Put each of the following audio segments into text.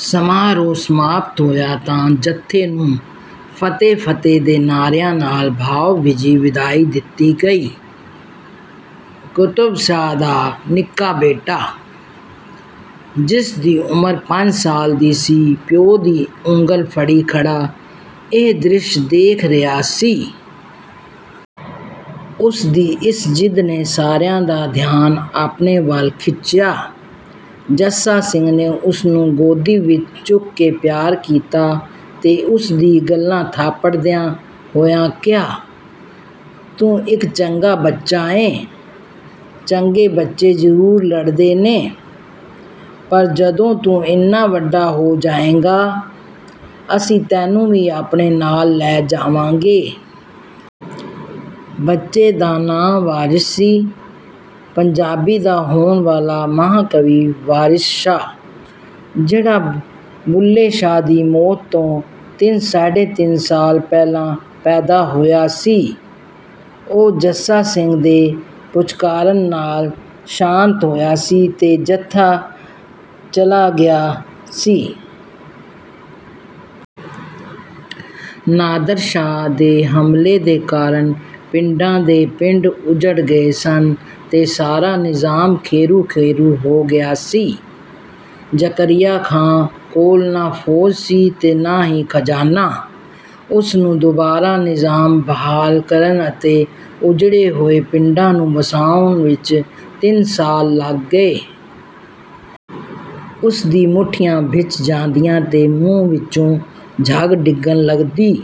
ਸਮਾਰੋਹ ਸਮਾਪਤ ਹੋਇਆ ਤਾਂ ਜੱਥੇ ਨੂੰ "ਫਤਹਿ-ਫਤਹਿ" ਦੇ ਨਾਅਰਿਆਂ ਨਾਲ ਭਾਵ-ਭਿੱਜੀ ਵਿਦਾਈ ਦਿੱਤੀ ਗਈ। ਕੁਤਬ ਸ਼ਾਹ ਦਾ ਨਿੱਕਾ ਬੇਟਾ, ਜਿਸਦੀ ਉਮਰ ਪੰਜ ਸਾਲ ਦੀ ਸੀ, ਪਿਓ ਦੀ ਉਂਗਲ ਫੜੀ ਖੜ੍ਹਾ ਇਹ ਦ੍ਰਿਸ਼ ਦੇਖ ਰਿਹਾ ਸੀ। ਉਸਦੀ ਇਸ ਜਿੱਦ ਨੇ ਸਾਰਿਆਂ ਦਾ ਧਿਆਨ ਆਪਣੇ ਵੱਲ ਖਿੱਚਿਆ। ਜੱਸਾ ਸਿੰਘ ਨੇ ਉਸਨੂੰ ਗੋਦੀ ਵਿੱਚ ਚੁੱਕ ਕੇ ਪਿਆਰ ਕੀਤਾ ਤੇ ਉਸਦੀ ਗੱਲਾਂ ਥਾਪੜਦਿਆਂ ਹੋਇਆਂ ਕਿਹਾ, "ਤੂੰ ਇੱਕ ਚੰਗਾ ਬੱਚਾ ਏਂ। ਚੰਗੇ ਬੱਚੇ ਜ਼ਰੂਰ ਲੜਦੇ ਨੇ, ਪਰ ਜਦੋਂ ਤੂੰ ਇੰਨਾ ਵੱਡਾ ਹੋ ਜਾਏਂਗਾ, ਅਸੀਂ ਤੈਨੂੰ ਵੀ ਆਪਣੇ ਨਾਲ ਲੈ ਜਾਵਾਂਗੇ।" ਬੱਚੇ ਦਾ ਨਾਂ ਵਾਰਿਸ ਸੀ, ਪੰਜਾਬੀ ਦਾ ਹੋਣ ਵਾਲਾ ਮਹਾਂਕਵੀ ਵਾਰਿਸ ਸ਼ਾਹ, ਜਿਹੜਾ ਬੁੱਲ੍ਹੇ ਸ਼ਾਹ ਦੀ ਮੌਤ ਤੋਂ ਤਿੰਨ-ਸਾਢੇ ਤਿੰਨ ਸਾਲ ਪਹਿਲਾਂ ਪੈਦਾ ਹੋਇਆ ਸੀ। ਉਹ ਜੱਸਾ ਸਿੰਘ ਦੇ ਪੁਚਕਾਰਨ ਨਾਲ ਸ਼ਾਂਤ ਹੋਇਆ ਸੀ ਤੇ ਜੱਥਾ ਚਲਾ ਗਿਆ ਸੀ। ਨਾਦਰ ਸ਼ਾਹ ਦੇ ਹਮਲੇ ਦੇ ਕਾਰਨ ਪਿੰਡਾਂ ਦੇ ਪਿੰਡ ਉੱਜੜ ਗਏ ਸਨ ਤੇ ਸਾਰਾ ਨਿਜ਼ਾਮ ਖੇਰੂ-ਖੇਰੂ ਹੋ ਗਿਆ ਸੀ। ਜ਼ਕਰੀਆ ਖਾਂ ਕੋਲ ਨਾ ਫੌਜ ਸੀ ਤੇ ਨਾ ਹੀ ਖਜਾਨਾ। ਉਸਨੂੰ ਦੁਬਾਰਾ ਨਿਜ਼ਾਮ ਬਹਾਲ ਕਰਨ ਅਤੇ ਉੱਜੜੇ ਹੋਏ ਪਿੰਡਾਂ ਨੂੰ ਵਸਾਉਣ ਵਿੱਚ ਤਿੰਨ ਸਾਲ ਲੱਗ ਗਏ। ਉਸਦੀਆਂ ਮੁੱਠੀਆਂ ਭਿੰਚ ਜਾਂਦੀਆਂ ਤੇ ਮੂੰਹ ਵਿੱਚੋਂ ਝੱਗ ਡਿੱਗਣ ਲੱਗਦੀ।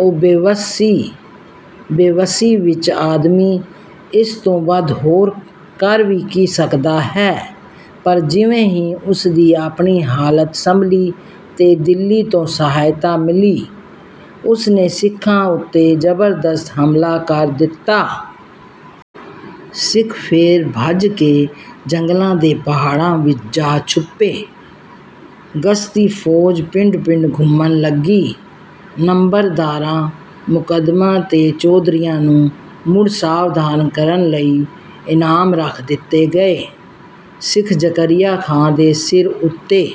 ਉਹ ਬੇਵੱਸ ਸੀ। ਬੇਵੱਸੀ ਵਿੱਚ ਆਦਮੀ ਇਸ ਤੋਂ ਵੱਧ ਹੋਰ ਕਰ ਵੀ ਕੀ ਸਕਦਾ ਹੈ? ਪਰ ਜਿਵੇਂ ਹੀ ਉਸਦੀ ਆਪਣੀ ਹਾਲਤ ਸੰਭਲੀ ਤੇ ਦਿੱਲੀ ਤੋਂ ਸਹਾਇਤਾ ਮਿਲੀ, ਉਸਨੇ ਸਿੱਖਾਂ ਉੱਤੇ ਜ਼ਬਰਦਸਤ ਹਮਲਾ ਕਰ ਦਿੱਤਾ। ਸਿੱਖ ਫੇਰ ਭੱਜ ਕੇ ਜੰਗਲਾਂ ਤੇ ਪਹਾੜਾਂ ਵਿੱਚ ਜਾ ਛੁਪੇ। ਗਸ਼ਤੀ-ਫੌਜ ਪਿੰਡ-ਪਿੰਡ ਘੁੰਮਣ ਲੱਗੀ। ਨੰਬਰਦਾਰਾਂ, ਮੁਕੱਦਮਾਂ ਤੇ ਚੌਧਰੀਆਂ ਨੂੰ ਮੁੜ ਸਾਵਧਾਨ ਕਰਨ ਲਈ ਇਨਾਮ ਰੱਖ ਦਿੱਤੇ ਗਏ। ਸਿੱਖ ਜ਼ਕਰੀਆ ਖਾਂ ਦੇ ਸਿਰ ਉੱਤੇ